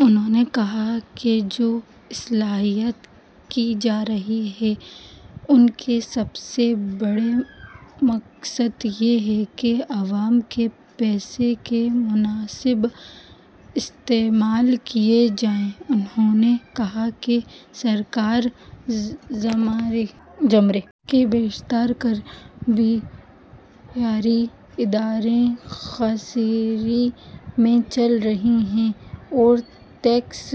انہوں نے کہا کہ جو اصلاحات کی جا رہی ہیں ان کا سب سے بڑا مقصد یہ ہے کہ عوام کے پیسے کا مناسب استعمال کیا جائے انہوں نے کہا کہ سرکاری زمرے کے بیشتر کاروباری ادارے خسارے میں چل رہے ہیں اور ٹیکس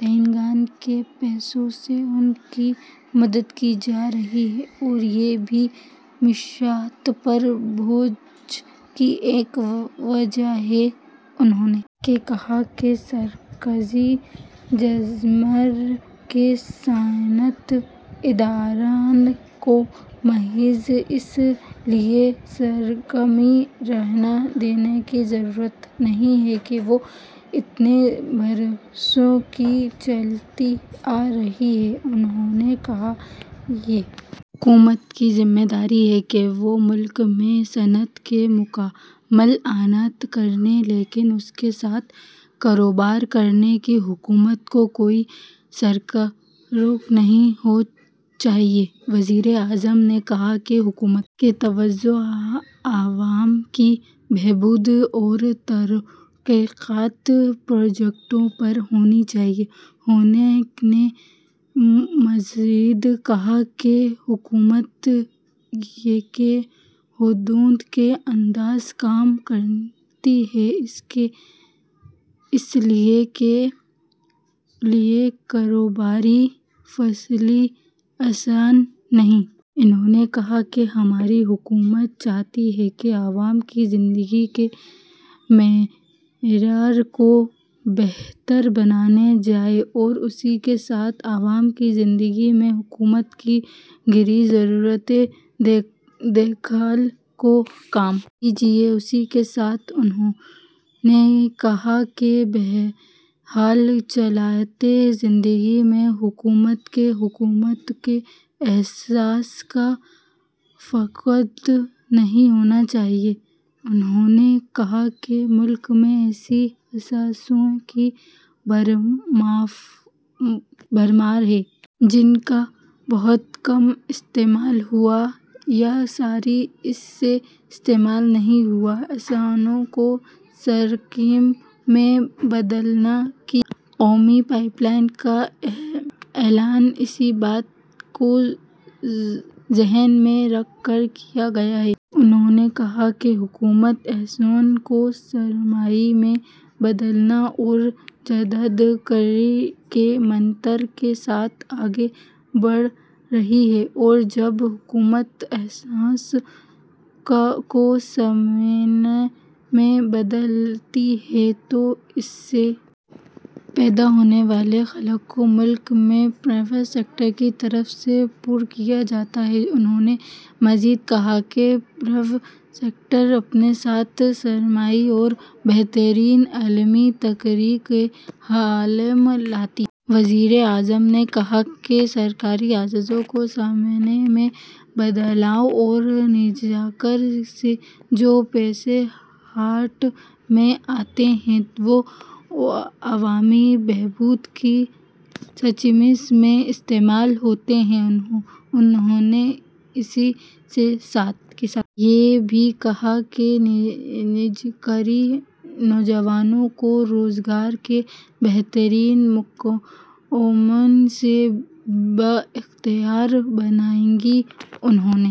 دہندگان کے پیسوں سے ان کی مدد کی جا رہی ہے اور یہ بھی معیشت پر بوجھ کی ایک وجہ ہے انہوں نے کہا کہ سرکاری زمرے کے صنعتی اداروں کو محض اس لیے سرگرم رہنے دینے کی ضرورت نہیں ہے کہ وہ اتنے برسوں سے چلتے آ رہے ہیں انہوں نے کہا کہ یہ حکومت کی ذمہ داری ہے کہ وہ ملک میں صنعتوں کی مکمل اعانت کرے لیکن اسی کے ساتھ کاروبار کرنے سے حکومت کا کوئی سروکار نہیں ہونا چاہیے وزیراعظم نے کہا کہ حکومت کی توجہ عوام کی بہبود اور ترقیاتی پروجیکٹوں پر ہونی چاہیے انہوں نے مزید کہا کہ حکومت کئی حدوں کے اندر کام کرتی ہے اس لیے اس کے لیے کاروباری فیصلے آسان نہیں انہوں نے کہا کہ ہماری حکومت چاہتی ہے کہ عوام کی زندگی کے معیار کو بہتر بنایا جائے اور اسی کے ساتھ عوام کی زندگی میں حکومت کے غیر ضروری دخل کو کم کیا جائے اسی کے ساتھ انہوں نے کہا کہ بہرحال زندگی میں حکومت یا حکومت کے اثر کا فقدان نہیں ہونا چاہیے انہوں نے کہا کہ ملک میں ایسے اثاثوں کی بھرمار ہے جن کا بہت کم استعمال ہوا یا سرے سے استعمال نہیں ہوا اثاثوں کو سرمایہ میں بدلنے کے قومی پائپ لائن کا اعلان اسی بات کو ذہن میں رکھ کر کیا گیا ہے انہوں نے کہا کہ حکومت اثاثوں کو سرمایہ میں بدلنے اور جدت کاری کے منتر کے ساتھ آگے بڑھ رہی ہے اور جب حکومت اثاثوں کو سرمایہ میں بدلتی ہے تو اس سے پیدا ہونے والے خلا کو ملک میں پرائیویٹ سیکٹر کی طرف سے پر کیا جاتا ہے انہوں نے مزید کہا کہ پرائیویٹ سیکٹر اپنے ساتھ سرمایہ اور بہترین عالمی طریقہ عمل لاتا ہے وزیراعظم نے کہا کہ سرکاری اثاثوں کو سرمایہ میں بدلنے اور نجکاری سے جو پیسہ ہاتھ میں آتا ہے وہ عوامی بہبود کی اسکیموں میں استعمال ہوتا ہے انہوں نے اسی کے ساتھ یہ بھی کہا کہ نجکاری نوجوانوں کو روزگار کے بہتر مواقع سے بااختیار بنائے گی انہوں